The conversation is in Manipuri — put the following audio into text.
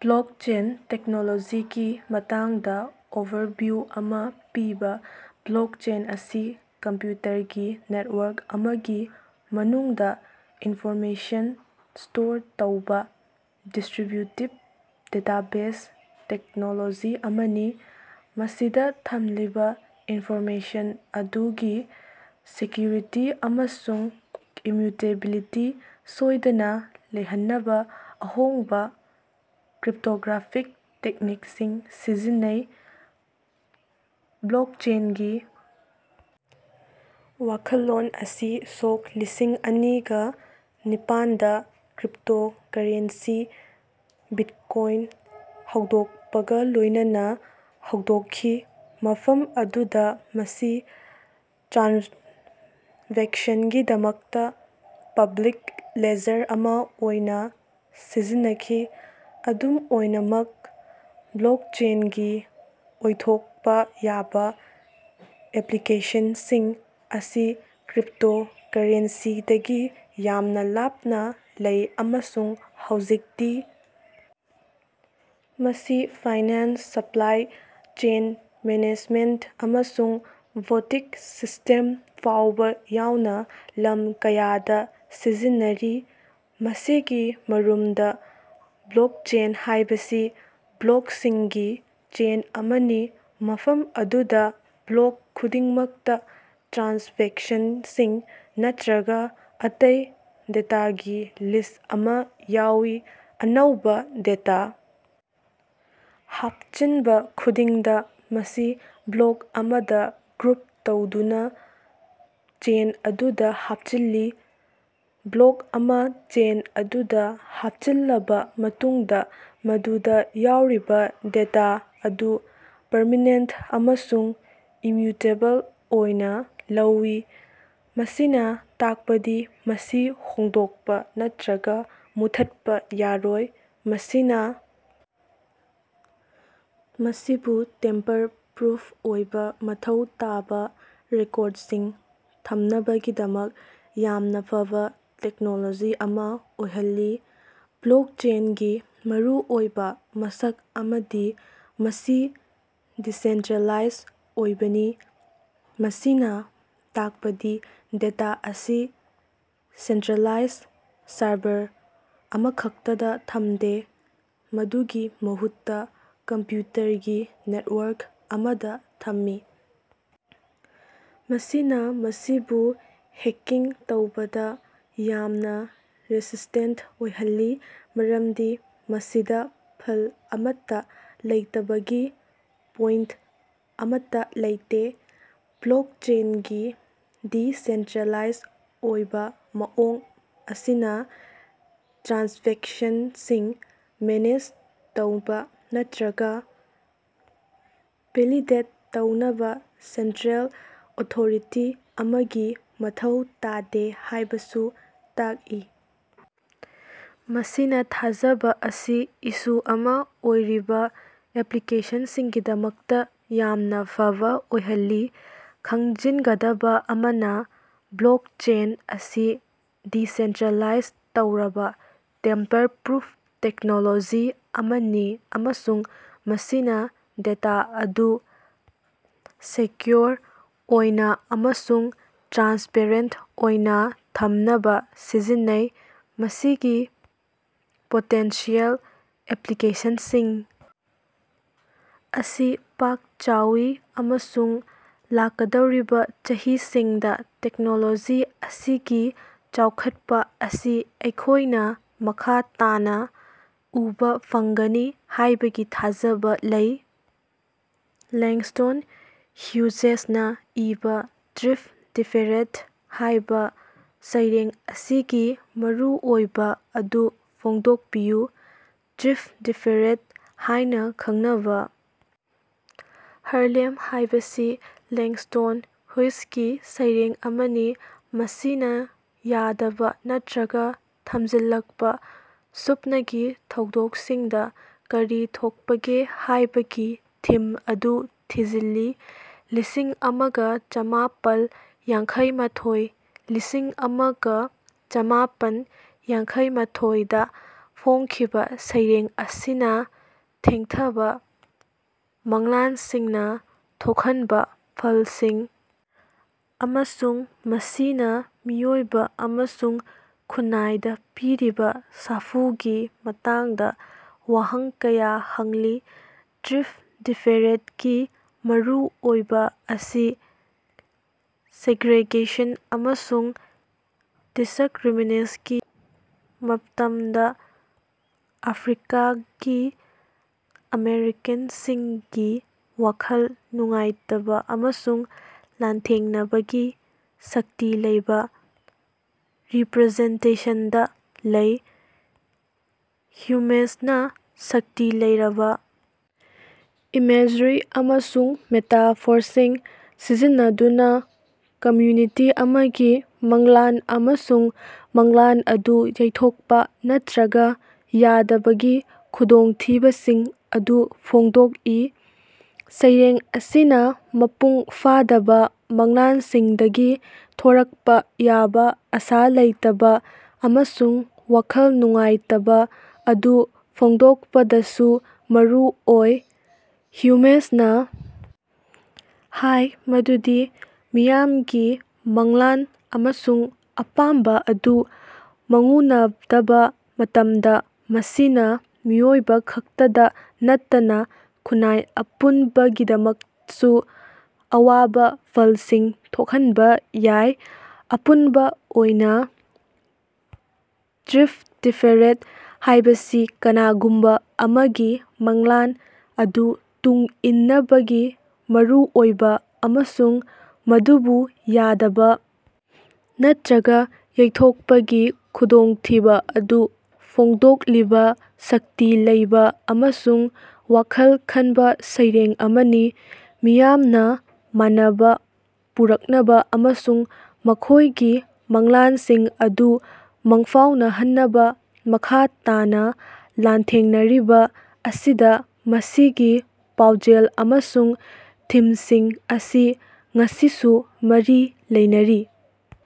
ꯕ꯭ꯂꯣꯀꯆꯦꯟ ꯇꯦꯛꯅꯣꯂꯣꯖꯤꯒꯤ ꯃꯇꯥꯡꯗꯥ ꯑꯣꯕꯔꯚꯤꯌꯨ ꯑꯃꯥ ꯄꯤꯕꯥ꯫ ꯕ꯭ꯂꯣꯀꯆꯦꯟ ꯑꯁꯤ ꯀꯝꯄ꯭ꯌꯨꯇꯔꯒꯤ ꯅꯦꯠꯋꯥꯔꯛ ꯑꯃꯒꯤ ꯃꯅꯨꯡꯗꯥ ꯏꯟꯐꯣꯔꯃꯦꯁꯟ ꯁ꯭ꯇꯣꯔ ꯇꯧꯕꯥ ꯗꯤꯁꯇ꯭ꯔꯤꯕ꯭ꯌꯨꯇꯦꯗ ꯗꯦꯇꯥꯕꯦꯖ ꯇꯦꯛꯅꯣꯂꯣꯖꯤ ꯑꯃꯅꯤ꯫ ꯃꯁꯤꯗꯥ ꯊꯝꯂꯤꯕꯥ ꯏꯟꯐꯣꯔꯃꯦꯁꯟ ꯑꯗꯨꯒꯤ ꯁꯦꯀ꯭ꯌꯨꯔꯤꯇꯤ ꯑꯃꯁꯨꯡ ꯏꯃ꯭ꯌꯨꯇꯦꯕꯤꯂꯤꯇꯤ ꯁꯣꯢꯗꯅꯥ ꯂꯩꯍꯟꯅꯕꯥ ꯑꯍꯣꯡꯕꯥ ꯀ꯭ꯔꯤꯞꯇꯣꯒ꯭ꯔꯥꯐꯤꯛ ꯇꯦꯛꯅꯤꯛꯁꯤꯡ ꯁꯤꯖꯤꯟꯅꯩ꯫ ꯕ꯭ꯂꯣꯀꯆꯦꯟꯒꯤ ꯋꯥꯈꯜꯂꯣꯟ ꯑꯁꯤ ꯁꯣꯛ ꯂꯤꯁꯤꯡ ꯑꯅꯤꯒ ꯅꯤꯄꯥꯟꯗꯥ ꯀ꯭ꯔꯤꯞꯇꯣꯀꯥꯔꯦꯟꯁꯤ ꯕꯤꯠꯀꯣꯢꯟ ꯍꯧꯗꯣꯀꯄꯒꯥ ꯂꯣꯢꯅꯅꯥ ꯍꯧꯗꯣꯀꯈꯤ, ꯃꯐꯝ ꯑꯗꯨꯗꯥ ꯃꯁꯤ ꯇ꯭ꯔꯥꯟꯖꯦꯛꯁꯟꯒꯤꯗꯃꯛꯇꯥ ꯄꯕ꯭ꯂꯤꯛ ꯂꯦꯖꯔ ꯑꯃꯥ ꯑꯣꯏꯅꯥ ꯁꯤꯖꯤꯟꯅꯈꯤ꯫ ꯑꯗꯨꯝ ꯑꯣꯏꯅꯃꯛ ꯕ꯭ꯂꯣꯀꯆꯦꯟꯒꯤ ꯑꯣꯏꯊꯣꯀꯄꯥ ꯌꯥꯕꯥ ꯑꯦꯄ꯭ꯂꯤꯀꯦꯁꯟꯁꯤꯡ ꯑꯁꯤ ꯀ꯭ꯔꯤꯞꯇꯣꯀꯥꯔꯦꯟꯁꯤꯗꯒꯤ ꯌꯥꯝꯅꯥ ꯂꯥꯞꯅꯥ ꯂꯩ ꯑꯃꯁꯨꯡ ꯍꯧꯖꯤꯛꯇꯤ ꯃꯁꯤ ꯐꯥꯏꯅꯥꯟꯁ, ꯁꯄ꯭ꯂꯥꯏ ꯆꯦꯟ ꯃꯦꯅꯦꯖꯃꯦꯟꯇ ꯑꯃꯁꯨꯡ ꯚꯣꯇꯤꯡ ꯁꯤꯁꯇꯦꯝ ꯐꯥꯎꯕꯥ ꯌꯥꯎꯅꯥ ꯂꯝ ꯀꯌꯥꯗꯥ ꯁꯤꯖꯤꯟꯅꯔꯤ꯫ ꯃꯁꯤꯒꯤ ꯃꯔꯨꯝꯗꯥ, ꯕ꯭ꯂꯣꯀꯆꯦꯟ ꯍꯥꯢꯕꯁꯤ ꯕ꯭ꯂꯣꯀꯁꯤꯡꯒꯤ ꯆꯦꯟ ꯑꯃꯅꯤ ꯃꯐꯝ ꯑꯗꯨꯗꯥ ꯕ꯭ꯂꯣꯛ ꯈꯨꯗꯤꯡꯃꯛꯇꯥ ꯇ꯭ꯔꯥꯟꯖꯦꯛꯁꯟꯁꯤꯡ ꯅꯠꯇ꯭ꯔꯒꯥ ꯑꯇꯩ ꯗꯦꯇꯥꯒꯤ ꯂꯤꯁ ꯑꯃꯥ ꯌꯥꯎꯏ꯫ ꯑꯅꯧꯕꯥ ꯗꯦꯇꯥ ꯍꯥꯄꯆꯤꯟꯕꯥ ꯈꯨꯗꯤꯡꯗꯥ ,ꯃꯁꯤ ꯕ꯭ꯂꯣꯛ ꯑꯃꯗꯥ ꯒ꯭ꯔꯨꯞ ꯇꯧꯗꯨꯅꯥ ꯆꯦꯟ ꯑꯗꯨꯗꯥ ꯍꯥꯞꯆꯤꯜꯂꯤ꯫ ꯕ꯭ꯂꯣꯛ ꯑꯃꯥ ꯆꯦꯟ ꯑꯗꯨꯗꯥ ꯍꯥꯞꯆꯤꯜꯂꯕꯥ ꯃꯇꯨꯡꯗꯥ, ꯃꯗꯨꯗꯥ ꯌꯥꯎꯔꯤꯕꯥ ꯗꯦꯇꯥ ꯑꯗꯨ ꯄꯔꯃꯦꯅꯦꯟꯇ ꯑꯃꯁꯨꯡ ꯏꯃ꯭ꯌꯨꯇꯦꯕꯜ ꯑꯣꯏꯅꯥ ꯂꯧꯏ, ꯃꯁꯤꯅꯥ ꯇꯥꯛꯄꯗꯤ ꯃꯁꯤ ꯍꯣꯡꯗꯣꯛꯄꯥ ꯅꯠꯇ꯭ꯔꯒꯥ ꯃꯨꯠꯊꯠꯄꯥ ꯌꯥꯔꯣꯏ꯫ ꯃꯁꯤꯅꯥ ꯃꯁꯤꯕꯨ ꯇꯦꯝꯄꯔ-ꯄ꯭ꯔꯨꯐ ꯑꯣꯏꯕꯥ ꯃꯊꯧ ꯇꯥꯕꯥ ꯔꯦꯀꯣꯔꯗꯁꯤꯡ ꯊꯝꯅꯕꯒꯤꯗꯃꯛ ꯌꯥꯝꯅꯥ ꯐꯕꯥ ꯇꯦꯛꯅꯣꯂꯣꯖꯤ ꯑꯃꯥ ꯑꯣꯏꯍꯜꯂꯤ꯫ ꯕ꯭ꯂꯣꯀꯆꯦꯟꯒꯤ ꯃꯔꯨꯑꯣꯏꯕꯥ ꯃꯁꯛ ꯑꯃꯗꯤ ꯃꯁꯤ ꯗꯤꯁꯦꯟꯇ꯭ꯔꯦꯂꯥꯏꯖ ꯑꯣꯏꯕꯅꯤ, ꯃꯁꯤꯅꯥ ꯇꯥꯀꯄꯗꯤ ꯗꯦꯇꯥ ꯑꯁꯤ ꯁꯦꯟꯇ꯭ꯔꯦꯂꯥꯏꯖ ꯁꯔꯚꯔ ꯑꯃꯈꯛꯇꯗꯥ ꯊꯝꯗꯦ, ꯃꯗꯨꯒꯤ ꯃꯍꯨꯠꯇꯥ ꯀꯝꯄ꯭ꯌꯨꯇꯔꯒꯤ ꯅꯦꯇꯋꯥꯔꯛ ꯑꯃꯗꯥ ꯊꯝꯃꯤ꯫ ꯃꯁꯤꯅꯥ ꯃꯁꯤꯕꯨ ꯍꯦꯛꯀꯤꯡ ꯇꯧꯕꯗꯥ ꯌꯥꯝꯅꯥ ꯔꯦꯁꯤꯁꯇꯦꯟꯇ ꯑꯣꯏꯍꯜꯂꯤ, ꯃꯔꯝꯗꯤ ꯃꯁꯤꯗꯥ ꯐꯜ ꯑꯃꯠꯇꯥ ꯂꯩꯇꯕꯒꯤ ꯄꯣꯏꯟꯇ ꯑꯃꯠꯇꯥ ꯂꯩꯇꯦ꯫ ꯕ꯭ꯂꯣꯀꯆꯦꯟꯒꯤ ꯗꯤꯁꯦꯟꯇ꯭ꯔꯦꯂꯥꯏꯖ ꯑꯣꯏꯕꯥ ꯃꯑꯣꯡ ꯑꯁꯤꯅꯥ ꯇ꯭ꯔꯥꯟꯖꯦꯛꯁꯟꯁꯤꯡ ꯃꯦꯅꯦꯖ ꯇꯧꯕꯥ ꯅꯠꯇ꯭ꯔꯒꯥ ꯚꯦꯂꯤꯗꯦꯠ ꯇꯧꯅꯕꯥ ꯁꯦꯟꯇ꯭ꯔꯦꯜ ꯑꯣꯊꯣꯔꯤꯇꯤ ꯑꯃꯒꯤ ꯃꯊꯧ ꯇꯥꯗꯦ ꯍꯥꯢꯕꯁꯨ ꯇꯥꯛꯏ, ꯃꯁꯤꯅꯥ ꯊꯥꯖꯕꯥ ꯑꯁꯤ ꯏꯁꯨ ꯑꯃꯥ ꯑꯣꯏꯔꯤꯕꯥ ꯑꯦꯄ꯭ꯂꯤꯀꯦꯁꯟꯁꯤꯡꯒꯤꯗꯃꯛꯇꯥ ꯌꯥꯝꯅꯥ ꯐꯕꯥ ꯑꯣꯏꯍꯜꯂꯤ꯫ ꯈꯪꯖꯤꯟꯒꯗꯕꯥ ꯑꯃꯅꯥ ꯕ꯭ꯂꯣꯀꯆꯦꯟ ꯑꯁꯤ ꯗꯤꯁꯦꯟꯇ꯭ꯔꯦꯂꯥꯏꯖ ꯇꯧꯔꯕꯥ ꯇꯦꯝꯄꯔ-ꯄ꯭ꯔꯨꯐ ꯇꯦꯛꯅꯣꯂꯣꯖꯤ ꯑꯃꯅꯤ ꯑꯃꯁꯨꯡ ꯃꯁꯤꯅꯥ ꯗꯦꯇꯥ ꯑꯗꯨ ꯁꯦꯀ꯭ꯌꯨꯑꯣꯔ ꯑꯣꯏꯅꯥ ꯑꯃꯁꯨꯡ ꯇ꯭ꯔꯥꯟꯁꯄꯦꯔꯦꯟꯇ ꯑꯣꯏꯅꯥ ꯊꯝꯅꯕꯥ ꯁꯤꯖꯤꯟꯅꯩ꯫ ꯃꯁꯤꯒꯤ ꯄꯣꯇꯦꯟꯁꯤꯌꯦꯜ ꯑꯦꯄ꯭ꯂꯤꯀꯦꯁꯟꯁꯤꯡ ꯑꯁꯤ ꯄꯥꯛ ꯆꯥꯎꯏ ꯑꯃꯁꯨꯡ ꯂꯥꯛꯀꯗꯧꯔꯤꯕꯥ ꯆꯍꯤꯁꯤꯡꯗꯥ ꯇꯦꯛꯅꯣꯂꯣꯖꯤ ꯑꯁꯤꯒꯤ ꯆꯥꯎꯈꯠꯄ ꯑꯁꯤ ꯑꯩꯈꯣꯢꯅꯥ ꯃꯈꯥ ꯇꯥꯅꯥ ꯎꯕꯥ ꯐꯪꯒꯅꯤ ꯍꯥꯢꯕꯒꯤ ꯊꯥꯖꯕꯥ ꯂꯩ꯫ ꯂꯦꯡꯁ꯭ꯇꯣꯟ ꯍ꯭ꯌꯨꯖꯦꯁꯅꯥ ꯏꯕꯥ "ꯗ꯭ꯔꯤꯝ ꯗꯤꯐꯦꯔꯦꯗ" ꯍꯥꯢꯕꯥ ꯁꯩꯔꯦꯡ ꯑꯁꯤꯒꯤ ꯃꯔꯨꯑꯣꯏꯕꯥ ꯑꯗꯨ ꯐꯣꯡꯗꯣꯛꯄꯤꯌꯨ꯫ "ꯗ꯭ꯔꯤꯝ ꯗꯤꯐꯦꯔꯦꯗ" ꯍꯥꯢꯅꯥ ꯈꯪꯅꯕꯥ "ꯍꯥꯔꯂꯦꯝ"ꯍꯥꯌꯕꯁꯤ ꯂꯦꯡꯁ꯭ꯇꯣꯟ ꯍꯨꯏꯁꯀꯤ ꯁꯩꯔꯦꯡ ꯑꯃꯅꯤ, ꯃꯁꯤꯅꯥ ꯌꯥꯗꯕꯥ ꯅꯠꯇ꯭ꯔꯒꯥ ꯊꯃꯖꯤꯜꯂꯛꯄꯥ ꯁꯨꯞꯅꯒꯤ ꯊꯧꯗꯣꯛꯁꯤꯡꯗꯥ ꯀꯔꯤ ꯊꯣꯛꯄꯒꯦ ꯍꯥꯢꯕꯒꯤ ꯊꯤꯝ ꯑꯗꯨ ꯊꯤꯖꯤꯜꯂꯤ꯫ ꯂꯤꯁꯤꯡ ꯑꯃꯒ ꯆꯥꯃꯥꯄꯜ ꯌꯥꯡꯈꯩ ꯃꯥꯊꯣꯏ ꯂꯤꯁꯤꯡ ꯑꯃꯒ ꯆꯥꯃꯄꯟ ꯌꯥꯡꯈꯩꯃꯊꯣꯢꯗꯥ ꯐꯣꯡꯈꯤꯕꯥ ꯁꯩꯔꯦꯡ ꯑꯁꯤꯅꯥ ꯊꯦꯡꯊꯕꯥ ꯃꯪꯂꯥꯟꯁꯤꯡꯅꯥ ꯊꯣꯛꯍꯟꯕꯥ ꯐꯜꯁꯤꯡ ꯑꯃꯁꯨꯡ ꯃꯁꯤꯅꯥ ꯃꯤꯑꯣꯏꯕꯥ ꯑꯃꯁꯨꯡ ꯈꯨꯟꯅꯥꯏꯗꯥ ꯄꯤꯔꯤꯕꯥ ꯁꯥꯐꯨꯒꯤ ꯃꯇꯥꯡꯗꯥ ꯋꯥꯍꯪ ꯀꯌꯥ ꯍꯪꯂꯤ꯫ ꯗ꯭ꯔꯤꯝ ꯗꯤꯐꯦꯔꯦꯗ ꯒꯤ ꯃꯔꯨꯑꯣꯏꯕꯥ ꯑꯁꯤ ꯁꯦꯒ꯭ꯔꯦꯒꯦꯁꯟ ꯑꯃꯁꯨꯡ ꯗꯤꯁꯛꯔꯤꯃꯤꯅꯦꯁꯅꯒꯤ ꯃꯇꯝꯗꯥ ꯑꯐ꯭ꯔꯤꯀꯥꯒꯤ ꯑꯃꯦꯔꯤꯀꯥꯅꯁꯤꯡꯒꯤ ꯋꯥꯈꯜ ꯅꯨꯡꯉꯥꯏꯇꯕꯥ ꯑꯃꯁꯨꯡ ꯂꯥꯟꯊꯦꯡꯅꯕꯒꯤ ꯁꯛꯇꯤ ꯂꯩꯕꯥ ꯔꯤꯄ꯭ꯔꯖꯦꯟꯇꯦꯁꯟꯗꯥ ꯂꯩ꯫ ꯍ꯭ꯌꯨꯃꯦꯁꯅꯥ ꯁꯛꯇꯤ ꯂꯩꯔꯕꯥ ꯏꯃꯦꯖꯔꯤ ꯑꯃꯁꯨꯡ ꯃꯦꯇꯥꯐꯣꯔꯁꯤꯡ ꯁꯤꯖꯤꯟꯅꯗꯨꯅꯥ ꯀꯃ꯭ꯌꯨꯅꯤꯇꯤ ꯑꯃꯒꯤ ꯃꯪꯂꯥꯟ ꯑꯃꯁꯨꯡ ꯃꯪꯂꯥꯟ ꯑꯗꯨ ꯌꯩꯊꯣꯛꯄꯥ ꯅꯠꯇ꯭ꯔꯒꯥ ꯌꯥꯗꯕꯒꯤ ꯈꯨꯗꯣꯡꯊꯤꯕꯁꯤꯡ ꯑꯗꯨ ꯐꯣꯡꯗꯣꯛꯏ꯫ ꯁꯩꯔꯦꯡ ꯑꯁꯤꯅꯥ ꯃꯄꯨꯡ ꯐꯥꯗꯕꯥ ꯃꯪꯂꯥꯟꯁꯤꯡꯗꯒꯤ ꯊꯣꯔꯛꯄꯥ ꯌꯥꯕꯥ ꯑꯥꯁꯥ ꯂꯩꯇꯕꯥ ꯑꯃꯁꯨꯡ ꯋꯥꯈꯜ ꯅꯨꯡꯉꯥꯏꯇꯕꯥ ꯑꯗꯨ ꯐꯣꯡꯗꯣꯛꯄꯗꯁꯨ ꯃꯔꯨ ꯑꯣꯏ꯫ ꯍ꯭ꯌꯨꯃꯦꯁꯅꯥ ꯍꯥꯢ ꯃꯗꯨꯗꯤ ꯃꯤꯌꯥꯝꯒꯤ ꯃꯪꯂꯥꯟ ꯑꯃꯁꯨꯡ ꯑꯄꯥꯝꯕꯥ ꯑꯗꯨ ꯃꯪꯎꯅꯗꯕꯥ ꯃꯇꯝꯗꯥ, ꯃꯁꯤꯅꯥ ꯃꯤꯑꯣꯏꯕꯈꯛꯇꯗꯥ ꯅꯠꯇꯅꯥ ꯈꯨꯟꯅꯥꯏ ꯑꯄꯨꯟꯕꯒꯤꯗꯃꯛꯁꯨ ꯑꯋꯥꯕꯥ ꯐꯜꯁꯤꯡ ꯊꯣꯛꯍꯟꯕꯥ ꯌꯥꯏ꯫ ꯑꯄꯨꯟꯕꯥ ꯑꯣꯏꯅꯥ "ꯗ꯭ꯔꯤꯝ ꯗꯤꯐꯦꯔꯦꯗ" ꯍꯥꯢꯕꯁꯤ ꯀꯅꯥꯒꯨꯝꯕꯥ ꯑꯃꯒꯤ ꯃꯪꯂꯥꯟ ꯑꯗꯨ ꯇꯨꯡ ꯏꯟꯅꯕꯒꯤ ꯃꯔꯨꯑꯣꯏꯕꯥ ꯑꯃꯁꯨꯡ ꯃꯗꯨꯕꯨ ꯌꯥꯗꯕꯥ ꯅꯠꯇ꯭ꯔꯒꯥ ꯌꯩꯊꯣꯛꯄꯒꯤ ꯈꯨꯗꯣꯡꯊꯤꯕꯥ ꯑꯗꯨ ꯐꯣꯡꯗꯣꯛꯂꯤꯕꯥ ꯁꯛꯇꯤ ꯂꯩꯕꯥ ꯑꯃꯁꯨꯡ ꯋꯥꯈꯜ ꯈꯟꯕꯥ ꯁꯩꯔꯦꯡ ꯑꯃꯅꯤ꯫ ꯃꯤꯌꯥꯝꯅꯥ ꯃꯥꯟꯅꯕꯥ ꯄꯨꯔꯛꯅꯕꯥ ꯑꯃꯁꯨꯡ ꯃꯈꯣꯢꯒꯤ ꯃꯪꯂꯥꯟꯁꯤꯡ ꯑꯗꯨ ꯃꯪꯐꯥꯎꯅꯍꯟꯅꯕꯥ ꯃꯈꯥ ꯇꯥꯅꯥ ꯂꯥꯟꯊꯦꯡꯅꯔꯤꯕꯥ ꯑꯁꯤꯗꯥ ꯃꯁꯤꯒꯤ ꯄꯥꯎꯖꯦꯜ ꯑꯃꯁꯨꯡ ꯊꯤꯝꯁꯤꯡ ꯑꯁꯤ ꯉꯁꯤꯁꯨ ꯃꯔꯤ ꯂꯩꯅꯔꯤ꯫